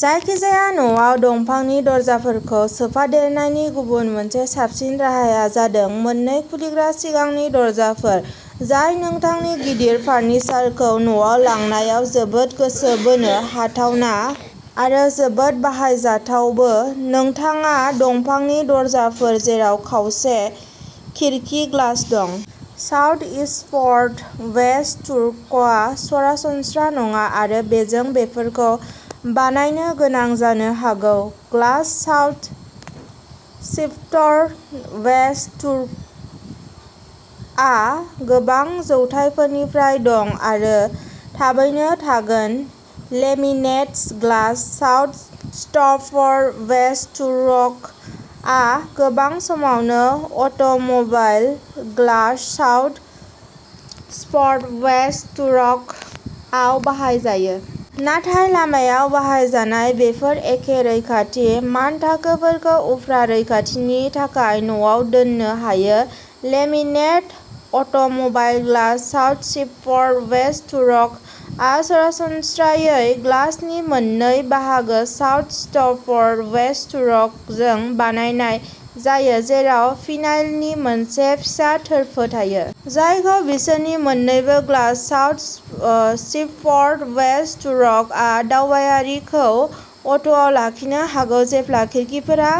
जायखिजाया न'आव। दंफांनि दरजाफोरखौ सोफादेरनायनि गुबुन मोनसे साबसिन राहाया जादों मोननै खुलिग्रा सिगांनि दरजाफोर। जाय नोंथांनि गिदिर फारनिचारखौ न'आव लांनायाव जोबोद गोसो बोनो हाथावना आरो जोबोद बाहायजाथावबो। नोंथाङा दंफांनि दरजाफोर जेराव खावसे खिरखि ग्लास दं। साउथ स्टिफ'र्ड, वेस्ट थुर'क आ सरासनस्रा नङा आरो जों बेफोरखौ बानायनो गोनां जानो हागौ। ग्लास साउथ सिपटर, वेस्ट थुर'क, आ गोबां जौथायफोरनिफ्राय दं आरो थाबैनो थागोन। Laminated glass South Stifford, West Thurrock, आ गोबां समावनो automobile glass South Stifford, West Thurrock, आव बाहायजायो। नाथाय लामायाव बाहायजानाय बेफोर एखे रैखाथि मानथाखोफोरखौ उफ्रा रैखाथिनि थाखाय न'आव दोननो हायो। Laminate automobile glass South Stifford, West Thurrock आ सरासनस्रायै ग्लासनि मोननै बाहागो साउथ स्टफ'र्ड, वेस्ट थुर'क जों बानायनाय जायो। जेराव भिनाइलनि मोनसे फिसा थोरफो थायो। जायखौ बिसोरनि मोननैबो। Glass South Stifford, West Thurrock आ दावबायारिखौ अट'आव लाखिनो हागौ। जेब्ला खिरखिफोरा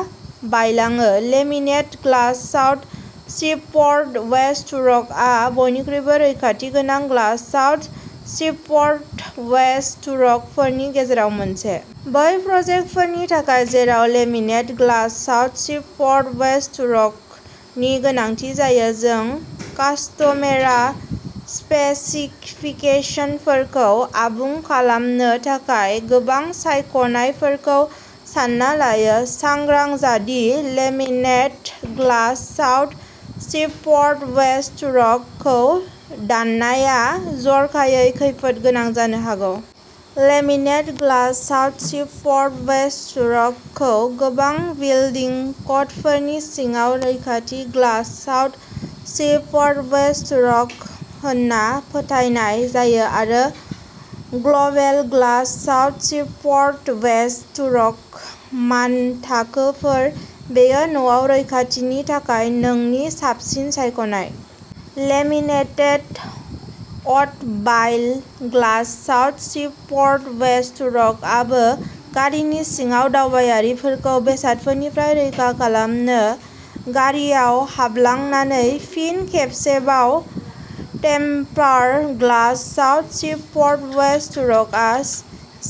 बायलाङो। Laminated glass South Stifford, West Thurrock आ बयनिख्रुइबो रैखाथि गोनां glass South Stifford, West Thurrock फोरनि गेजेराव मोनसे। बै प्रजेक्टफोरनि थाखाय जेराव laminate glass South Stifford, West Thurrock नि गोनांथि जायो। जों कास्टमेरा स्पेसिफिकेसनफोरखौ आबुं खालामनो थाखाय गोबां सायख'नायफोरखौ सानना लायो। सांग्रां जा दि laminate glass South Stifford, West Thurrock खौ दाननाया जर'खायै खैफोद गोनां जानो हागौ। Laminate glass South Stifford, West Thurrock खौ गोबां बिल्डिं क'डफोरनि सिङाव रैखाथि glass South Stifford, West Thurrock होनना फोथायनाय जायो आरो global glass South Stifford, West Thurrock मानथाखोफोर। बेयो न'आव रैखाथिनि थाखाय नोंनि साबसिन सायख'नाय। Laminated automobile glass South Stifford, West Thurrock आबो गारिनि सिङाव दावबायारिफोरखौ बेसादफोरनिफ्राय रैखा खालामनो गारिआव हाबलांनानै। फिन खेबसेबाव, टेम्पार ग्लास साउथ सिफफर्ड, वेस्ट थुरकआ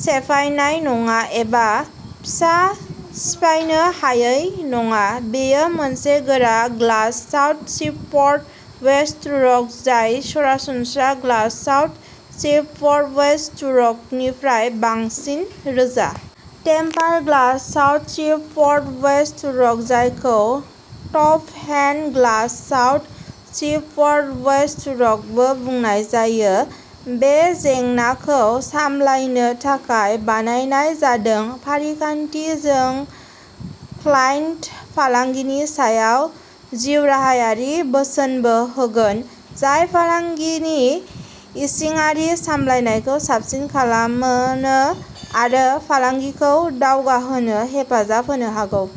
सेफायनाय नङा एबा फिसा सिफायनो हायै नङा। बेयो मोनसे गोरा glass South Stifford, West Thurrock, जाय सरासनस्रा ग्लास साउथ सिफफर्ड, वेस्ट थुरकनिख्रुइ बांसिन रोजा। टेम्पार glass South Stifford, West Thurrock जायखौ टफहेन ग्लास साउथ सिफफोर्ड, वेस्ट थुरकबो बुंनाय जायो। बे जेंनाखौ सामलायनो थाखाय बानायनाय जादों। फारिखान्थि जों क्लायन्ट फालांगिनि सायाव जिउराहायारि बोसोनबो होगोन। जाय फालांगिनि इसिङारि सामलायनायखौ साबसिन खालामनो आरो फालांगिखौ दावगाहोनो हेफाजाब होनो हागौ।